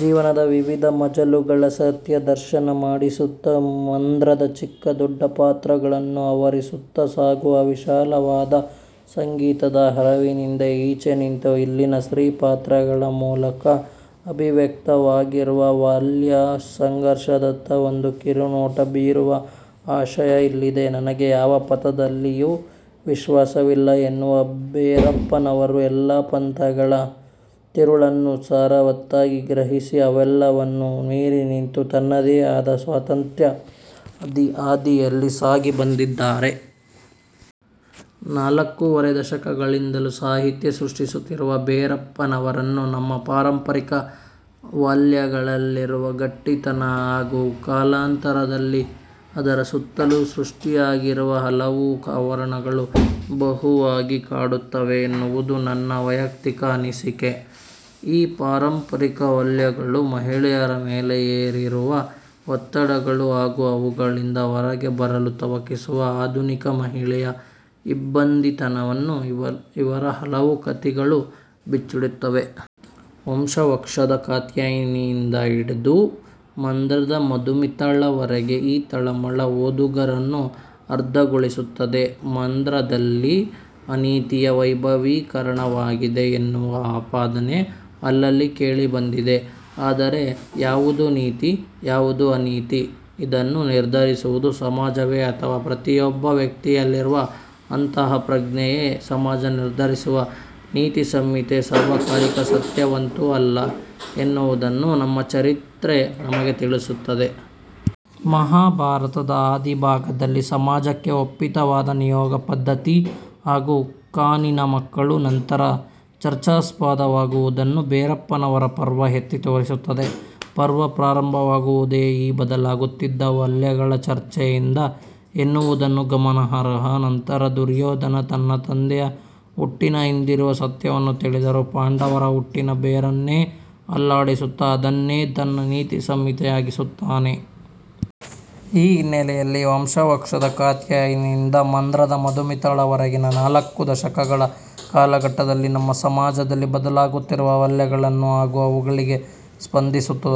ಜೀವನದ ವಿವಿಧ ಮಜಲುಗಳ ಸತ್ಯದರ್ಶನ ಮಾಡಿಸುತ್ತಾ ಮಂದ್ರದ ಚಿಕ್ಕ ದೊಡ್ಡ ಪಾತ್ರಗಳನ್ನು ಆವರಿಸುತ್ತಾ ಸಾಗುವ ವಿಶಾಲವಾದ ಸಂಗೀತದ ಹರವಿನಿಂದ ಈಚೆ ನಿಂತು ಇಲ್ಲಿನ ಸ್ತ್ರೀ ಪಾತ್ರಗಳ ಮೂಲಕ ಅಭಿವ್ಯಕ್ತವಾಗಿರುವ ವೌಲ್ಯ ಸಂಘರ್ಷದತ್ತ ಒಂದು ಕಿರು ನೋಟ ಬೀರುವ ಆಶಯ ಇಲ್ಲಿದೆ. 'ನನಗೆ ಯಾವ ಪಂಥದಲ್ಲಿಯೂ ವಿಶ್ವಾಸವಿಲ್ಲ' ಎನ್ನುವ ಭೆರಪ್ಪನವರು ಎಲ್ಲಾ ಪಂಥಗಳ ತಿರುಳನ್ನೂ ಸಾರವತ್ತಾಗಿ ಗ್ರಹಿಸಿ, ಅವೆಲ್ಲವನ್ನೂ ಮೀರಿನಿಂತು, ತನ್ನದೇ ಆದ ಸ್ವತಂತ್ರ ಹಾದಿಯಲ್ಲಿ ಸಾಗಿ ಬಂದಿದ್ದಾರೆ. ನಾಲಕ್ಕೂವರೆ ದಶಕಗಳಿಂದಲೂ ಸಾಹಿತ್ಯ ಸಷ್ಟಿಸುತ್ತಿರುವ ಭೆರಪ್ಪನವರನ್ನು ನಮ್ಮ ಪಾರಂಪರಿಕ ವೌಲ್ಯಗಳಲ್ಲಿರುವ ಗಟ್ಟಿತನ ಹಾಗೂ ಕಾಲಾಂತರದಲ್ಲಿ ಅದರ ಸುತ್ತಲೂ ಸಷ್ಟಿಯಾಗಿರುವ ಹಲವು ಆವರಣಗಳು ಬಹುವಾಗಿ ಕಾಡುತ್ತವೆ ಎನ್ನುವುದು ನನ್ನ ವೆಯಕ್ತಿಕ ಅನಿಸಿಕೆ. ಈ ಪಾರಂಪರಿಕ ವೌಲ್ಯಗಳು ಮಹಿಳೆಯರ ಮೇಲೆ ಹೇರಿರುವ ಒತ್ತಡಗಳು ಹಾಗೂ ಅವುಗಳಿಂದ ಹೊರಗೆ ಬರಲು ತವಕಿಸುವ ಆಧುನಿಕ ಮಹಿಳೆಯ ಇಬ್ಬಂದಿತನವನ್ನು ಇವರ ಹಲವು ಕತಿಗಳು ಬಿಚ್ಚಿಡುತ್ತವೆ. 'ವಂಶವಕ್ಷ'ದ ಕಾತ್ಯಾಯನಿಯಿಂದ ಹಿಡಿದು 'ಮಂದ್ರ'ದ ಮಧುಮಿತಾಳವರೆಗೆ ಈ ತಳಮಳ ಓದುಗರನ್ನು ಆರ್ದ್ರಗೊಳಿಸುತ್ತದೆ. 'ಮಂದ್ರ'ದಲ್ಲಿ ಅನೀತಿಯ ವೆಭವೀಕರಣವಾಗಿದೆ ಎನ್ನುವ ಆಪಾದನೆ ಅಲ್ಲಲ್ಲಿ ಕೇಳಿಬಂದಿದೆ. ಆದರೆ, ಯಾವುದು ನೀತಿ? ಯಾವುದು ಅನೀತಿ? ಇದನ್ನು ನಿರ್ಧರಿಸುವುದು ಸಮಾಜವೇ ಅಥವಾ ಪ್ರತಿಯೊಬ್ಬ ವ್ಯಕ್ತಿಯಲ್ಲಿರುವ ಅಂತಃ ಪ್ರಜ್ಞೆಯೇ? ಸಮಾಜ ನಿರ್ಧರಿಸುವ ನೀತಿ ಸಂಹಿತೆ ಸಾರ್ವಕಾಲಿಕ ಸತ್ಯವಂತೂ ಅಲ್ಲ ಎನ್ನುವುದನ್ನು ನಮ್ಮ ಚರಿತ್ರೆ ನಮಗೆ ತಿಳಿಸುತ್ತಿದೆ. ಮಹಾಭಾರತದ ಆದಿ ಭಾಗದಲ್ಲಿ ಸಮಾಜಕ್ಕೆ ಒಪ್ಪಿತವಾದ ನಿಯೋಗ ಪದ್ಧತಿ ಹಾಗೂ ಕಾನೀನ ಮಕ್ಕಳು ನಂತರ ಚರ್ಚಾಸ್ಪದವಾಗುವುದನ್ನು ಭೆರಪ್ಪನವರ 'ಪರ್ವ' ಎತ್ತಿ ತೋರಿಸುತ್ತದೆ. ಪರ್ವ ಪ್ರಾರಂಭವಾಗುವುದೇ ಈ ಬದಲಾಗುತ್ತಿದ್ದ ವೌಲ್ಯಗಳ ಚರ್ಚೆಯಿಂದ ಎನ್ನುವುದನ್ನು ಗಮನಾರ್ಹ. ನಂತರ, ದುರ್ಯೋಧನ ತನ್ನ ತಂದೆಯ ಹುಟ್ಟಿನ ಹಿಂದಿರುವ ಸತ್ಯವನ್ನು ತಿಳಿದರೂ, ಪಾಂಡವರ ಹುಟ್ಟಿನ ಬೇರನ್ನೇ ಅಲ್ಲಾಡಿಸುತ್ತಾ, ಅದನ್ನೇ ತನ್ನ ನೀತಿ ಸಂಹಿತೆಯಾಗಿಸುತ್ತಾನೆ. ಈ ಹಿನ್ನೆಲೆಯಲ್ಲಿ, ವಂಶವಕ್ಷದ ಕಾತ್ಯಾಯನಿಯಿಂದ ಮಂದ್ರದ ಮಧುಮಿತಾಳವರೆಗಿನ ನಾಲಕ್ಕು ದಶಕಗಳ ಕಾಲಘಟ್ಟದಲ್ಲಿ ನಮ್ಮ ಸಮಾಜದಲ್ಲಿ ಬದಲಾಗುತ್ತಿರುವ ವೌಲ್ಯಗಳನ್ನೂ ಹಾಗೂ ಅವುಗಳಿಗೆ ಸ್ಪಂದಿಸುತ್ತಾ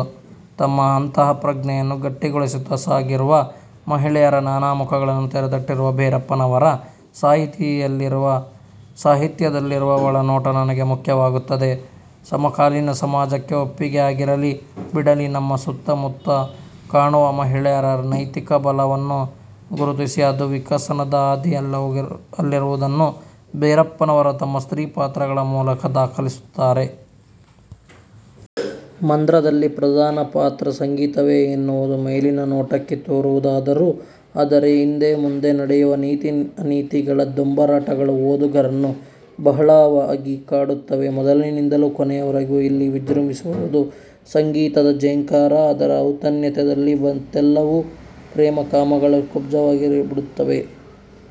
ತಮ್ಮ ಅಂತಃ ಪ್ರಜ್ಞೆಯನ್ನು ಗಟ್ಟಿಗೊಳಿಸುತ್ತಾ ಸಾಗಿರುವ ಮಹಿಳೆಯರ ನಾನಾ ಮುಖಗಳನ್ನೂ ತೆರೆದಿಟ್ಟಿರುವ ಭೆರಪ್ಪನವರ ಸಾಹಿತ್ಯದಲ್ಲಿರುವ ಒಳನೋಟ ನನಗೆ ಮುಖ್ಯವಾಗುತ್ತದೆ. ಸಮಕಾಲೀನ ಸಮಾಜಕ್ಕೆ ಒಪ್ಪಿಗೆಯಾಗಿರಲಿ ಬಿಡಲಿ ನಮ್ಮ ಸುತ್ತ ಮುತ್ತ ಕಾಣುವ ಮಹಿಳೆಯರ ನೆತಿಕ ಬಲವನ್ನು ಗುರುತಿಸಿ ಅದು, ವಿಕಾಸದ ಹಾದಿಯಲ್ಲಿರುವುದನ್ನು ಭೆರಪ್ಪನವರು ತಮ್ಮ ಸ್ತ್ರೀ ಪಾತ್ರಗಳ ಮೂಲಕ ದಾಖಲಿಸುತ್ತಾರೆ. 'ಮಂದ್ರ'ದಲ್ಲಿ ಪ್ರಧಾನ ಪಾತ್ರ ಸಂಗೀತವೇ ಎನ್ನುವುದು ಮೇಲಿನ ನೋಟಕ್ಕೇ ತೋರುವುದಾದರೂ, ಅದರ ಹಿಂದೆ ಮುಂದೆ ನಡೆಯುವ ನೀತಿ-ಅನೀತಿಗಳ ದೊಂಬರಾಟಗಳು ಓದುಗರನ್ನು ಬಹಳವಾಗಿ ಕಾಡುತ್ತವೆ. ಮೊದಲಿನಿಂದ ಕೊನೆಯವರೆಗೂ ಇಲ್ಲಿ ವಿಜೃಂಭಿಸುವುದು ಸಂಗೀತದ ಝೇಂಕಾರ. ಅದರ ಔನ್ನತ್ಯದಲ್ಲಿ ಮತ್ತೆಲ್ಲವೂ, ಪ್ರೇಮ-ಕಾಮಗಳೂ ಕುಬ್ಜವಾಗಿಬಿಡುತ್ತವೆ.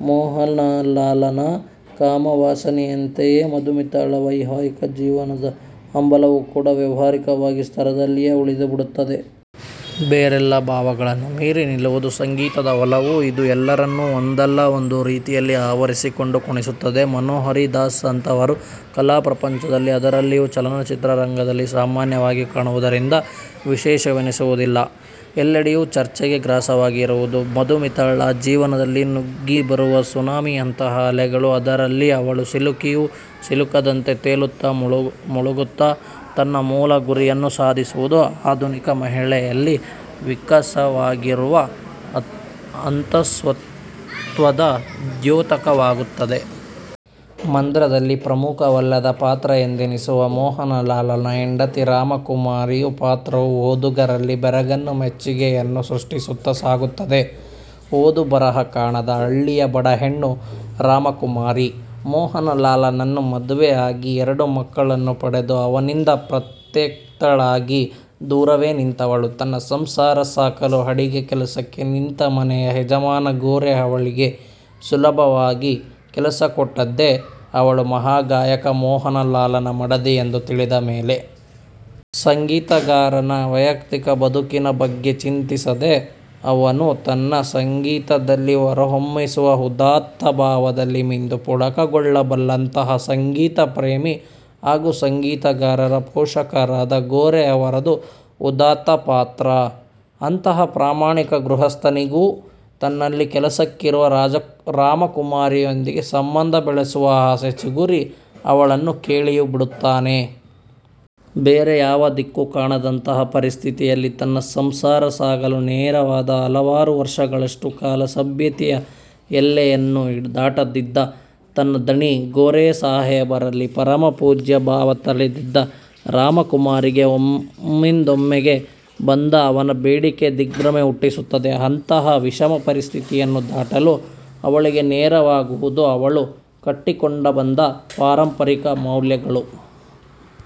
ಮೋಹನಲಾಲನ ಕಾಮವಾಸನೆಯಂತೆಯೇ ಮಧುಮಿತಾಳ ವೈವಾಹಿಕ ಜೀವನದ ಹಂಬಲವೂ ಕೂಡ ವ್ಯಾವಹಾರಿಕ ಸ್ತರದಲ್ಲಿಯೇ ಉಳಿದುಬಿಡುತ್ತದೆ. ಬೇರೆಲ್ಲಾ ಭಾವಗಳನ್ನೂ ಮೀರಿ ನಿಲ್ಲುವುದು ಸಂಗೀತದ ಒಲವು. ಇದು ಎಲ್ಲರನ್ನೂ ಒಂದಲ್ಲ ಒಂದು ರೀತಿಯಲ್ಲಿ ಆವರಿಸಿಕೊಂಡು ಕುಣಿಸುತ್ತದೆ. ಮನೋಹರಿ ದಾಸ್ ಅಂತಹವರು ಕಲಾ ಪ್ರಪಂಚದಲ್ಲಿ ಅದರಲ್ಲಿಯೂ ಚಲನಚಿತ್ರರಂಗದಲ್ಲಿ ಸಾಮಾನ್ಯವಾಗಿ ಕಾಣುವುದರಿಂದ ವಿಶೇಷವೆನಿಸುವುದಿಲ್ಲ. ಎಲ್ಲೆಡೆಯೂ ಚರ್ಚೆಗೆ ಗ್ರಾಸವಾಗಿರುವುದು ಮಧುಮಿತಾಳ ಜೀವನದಲ್ಲಿ ನುಗ್ಗಿ ಬರುವ ಸುನಾಮಿಯಂತಹ ಅಲೆಗಳು. ಅದರಲ್ಲಿ ಅವಳು ಸಿಲುಕಿಯೂ ಸಿಲುಕದಂತೆ ತೇಲುತ್ತಾ ಮುಳುಗುತ್ತಾ ತನ್ನ ಮೂಲ ಗುರಿಯನ್ನು ಸಾಧಿಸುವುದು ಆಧುನಿಕ ಮಹಿಳೆಯಲ್ಲಿ ವಿಕಾಸವಾಗಿರುವ ಅಂತಃಸತ್ತ್ವದ ದ್ಯೋತಕವಾಗುತ್ತದೆ. ಮಂದ್ರದಲ್ಲಿ ಪ್ರಮುಖವಲ್ಲದ ಪಾತ್ರ ಎಂದೆನಿಸುವ ಮೋಹನಲಾಲನ ಹೆಂಡತಿ ರಾಮಕುಮಾರಿಯ ಪಾತ್ರವೂ ಓದುಗರಲ್ಲಿ ಬೆರಗನ್ನೂ ಮೆಚ್ಚುಗೆಯನ್ನೂ ಸಷ್ಟಿಸುತ್ತಾ ಸಾಗುತ್ತದೆ. ಓದು-ಬರಹ ಕಾಣದ ಹಳ್ಳಿಯ ಬಡ ಹೆಣ್ಣು ರಾಮಕುಮಾರಿ ಮೋಹನಲಾಲನನ್ನು ಮದುವೆಯಾಗಿ ಎರಡು ಮಕ್ಕಳನ್ನು ಪಡೆದು ಅವನಿಂದ ಪರಿತ್ಯಕ್ತಳಾಗಿ ದೂರವೇ ನಿಂತವಳು. ತನ್ನ ಸಂಸಾರ ಸಾಕಲು ಅಡಿಗೆ ಕೆಲಸಕ್ಕೆ ನಿಂತ ಮನೆಯ ಯಜಮಾನ, ಗೋರೆ ಅವಳಿಗೆ ಸುಲಭವಾಗಿ ಕೆಲಸ ಕೊಟ್ಟದ್ದೇ, ಅವಳು ಮಹಾಗಾಯಕ ಮೋಹನಲಾಲನ ಮಡದಿ ಎಂದು ತಿಳಿದಮೇಲೆ. ಸಂಗೀತಗಾರನ ವೆಯಕ್ತಿಕ ಬದುಕಿನ ಬಗ್ಗೆ ಚಿಂತಿಸದೆ, ಅವನು ತನ್ನ ಸಂಗೀತದಲ್ಲಿ ಹೊರಹೊಮ್ಮಿಸುವ ಉದಾತ್ತ ಭಾವದಲ್ಲಿ ಮಿಂದು ಪುಳಕಗೊಳ್ಳಬಲ್ಲಂತಹ ಸಂಗೀತ ಪ್ರೇಮಿ ಹಾಗೂ ಸಂಗೀತಗಾರರ ಪೋಷಕರಾದ ಗೋರೆಯವರದು ಉದಾತ್ತ ಪಾತ್ರ. ಅಂತಹ ಪ್ರಾಮಾಣಿಕ ಗೃಹಸ್ಥನಿಗೂ ತನ್ನಲ್ಲಿ ಕೆಲಸಕ್ಕಿರುವ ರಾಮಕುಮಾರಿಯೊಂದಿಗೆ ಸಂಬಂಧ ಬೆಳೆಸುವ ಆಸೆ ಚಿಗುರಿ ಅವಳನ್ನು ಕೇಳಿಯೂ ಬಿಡುತ್ತಾನೆ. ಬೇರೆ ಯಾವ ದಿಕ್ಕೂ ಕಾಣದಂತಹ ಪರಿಸ್ಥಿತಿಯಲ್ಲಿ, ತನ್ನ ಸಂಸಾರ ಸಾಗಲು ನೆರವಾದ, ಹಲವಾರು ವರ್ಷಗಳಷ್ಟು ಕಾಲ ಸಭ್ಯತೆಯ ಎಲ್ಲೆಯನ್ನು ದಾಟದಿದ್ದ ತನ್ನ ಧಣಿ ಗೋರೆಸಾಹೇಬರಲ್ಲಿ ಪರಮ ಪೂಜ್ಯ ಭಾವ ತಳೆದಿದ್ದ ರಾಮಕುಮಾರಿಗೆ ಒಮ್ಮಿಂದೊಮ್ಮೆಗೇ ಬಂದ ಅವನ ಬೇಡಿಕೆ ದಿಗ್ಭ್ರಮೆ ಹುಟ್ಟಿಸುತ್ತದೆ. ಅಂತಹ ವಿಷಮ ಪರಿಸ್ಥಿತಿಯನ್ನು ದಾಟಲು ಅವಳಿಗೆ ನೆರವಾಗುವುದು ಅವಳು ಕಟ್ಟಿಕೊಂಡು ಬಂದ ಪಾರಂಪರಿಕ ವೌಲ್ಯಗಳು.